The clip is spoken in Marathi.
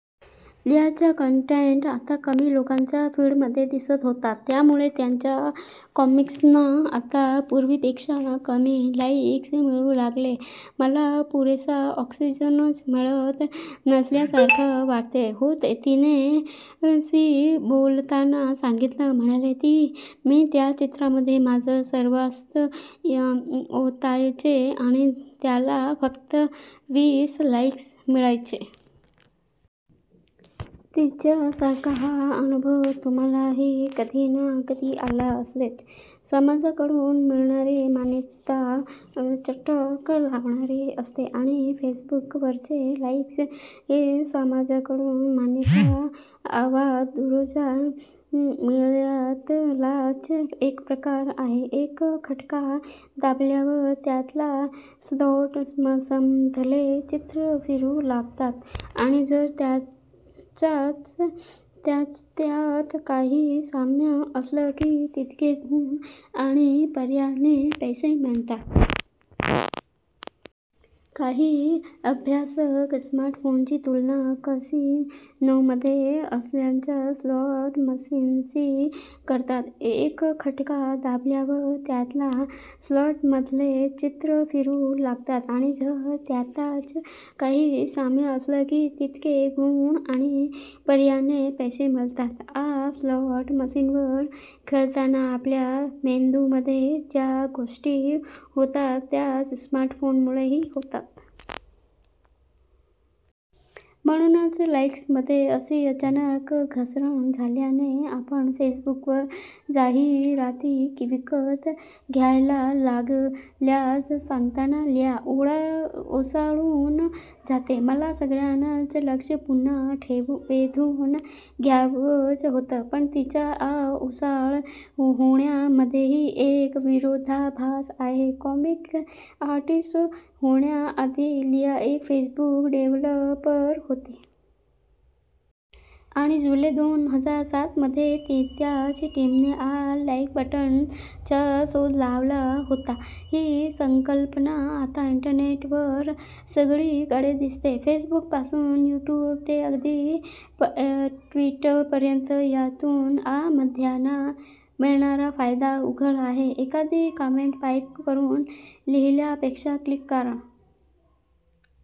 लियाचा कन्टेन्ट आता कमी लोकांच्या फीडमध्ये दिसत होता. त्यामुळे तिच्या कॉमिक्सना आता पूर्वीपेक्षा कमी 'लाईक्स' मिळू लागले. मला पुरेसा ऑक्सिजनच मिळत नसल्यासारखं वाटत होतं तिने. शी बोलताना सांगितलं. म्हणजे, मी त्या चित्रामध्ये माझं सर्वस्व ओतायचे आणि त्याला फक्त वीस लाईक्स मिळायचे. तिच्यासारखा हा अनुभव तुम्हालाही कधी ना कधी आला असेलच. समाजाकडून मिळणारी मान्यता चटक लावणारी असते. आणि फेसबुकवरचे 'लाईक्स' हे समाजाकडून मान्यता वा दुजोरा मिळण्यातलाच एक प्रकार आहे. एक खटका दाबल्यावर त्यातल्या स्लॉट्समधले चित्रं फिरू लागतात आणि जर त्यांच्यात काही साम्य असलं की तितके गुण आणि पर्यायाने पैसे मिळतात. काही अभ्यासक स्मार्टफोन्सची तुलना कसीनोमध्ये असणाऱ्या स्लॉट मशीन्सशी करतात. एक खटका दाबल्यावर त्यातल्या स्लॉट्समधले चित्रं फिरू लागतात आणि जर त्यांच्यात काही साम्य असलं की तितके गुण आणि पर्यायाने पैसे मिळतात. या स्लॉट मशीनवर खेळताना आपल्या मेंदूमध्ये ज्या गोष्टी होतात त्याच स्मार्टफोनमुळेही होतात. म्हणूनच लाईक्समध्ये अशी अचानक घसरण झाल्याने आपण फेसबुकवर जाहिराती विकत घ्यायला लागल्याचं सांगताना लिया ओशाळून जाते. मला सगळ्यांचं लक्ष पुन्हा वेधून घ्यायचं होतं. पण तिच्या या ओशाळं होण्यामध्येही एक विरोधाभास आहे. कॉमिक आर्टिस्ट होण्याआधी लिया एक फेसबुक डेव्हलपर होती. आणि जुलै दोन हजार सात मध्ये तिच्याच टीमने या 'लाईक बटन'चा शोध लावला होता. ही संकल्पना आता इंटरनेटवर सगळीकडे दिसते. फेसबुकपासून यूट्यूब ते अगदी ट्विटरपर्यंत. यातून या माध्यमांना मिळणारा फायदा उघड आहे. एखादी कॉमेंट टाईप करून लिहिण्यापेक्षा 'क्लिक' करणं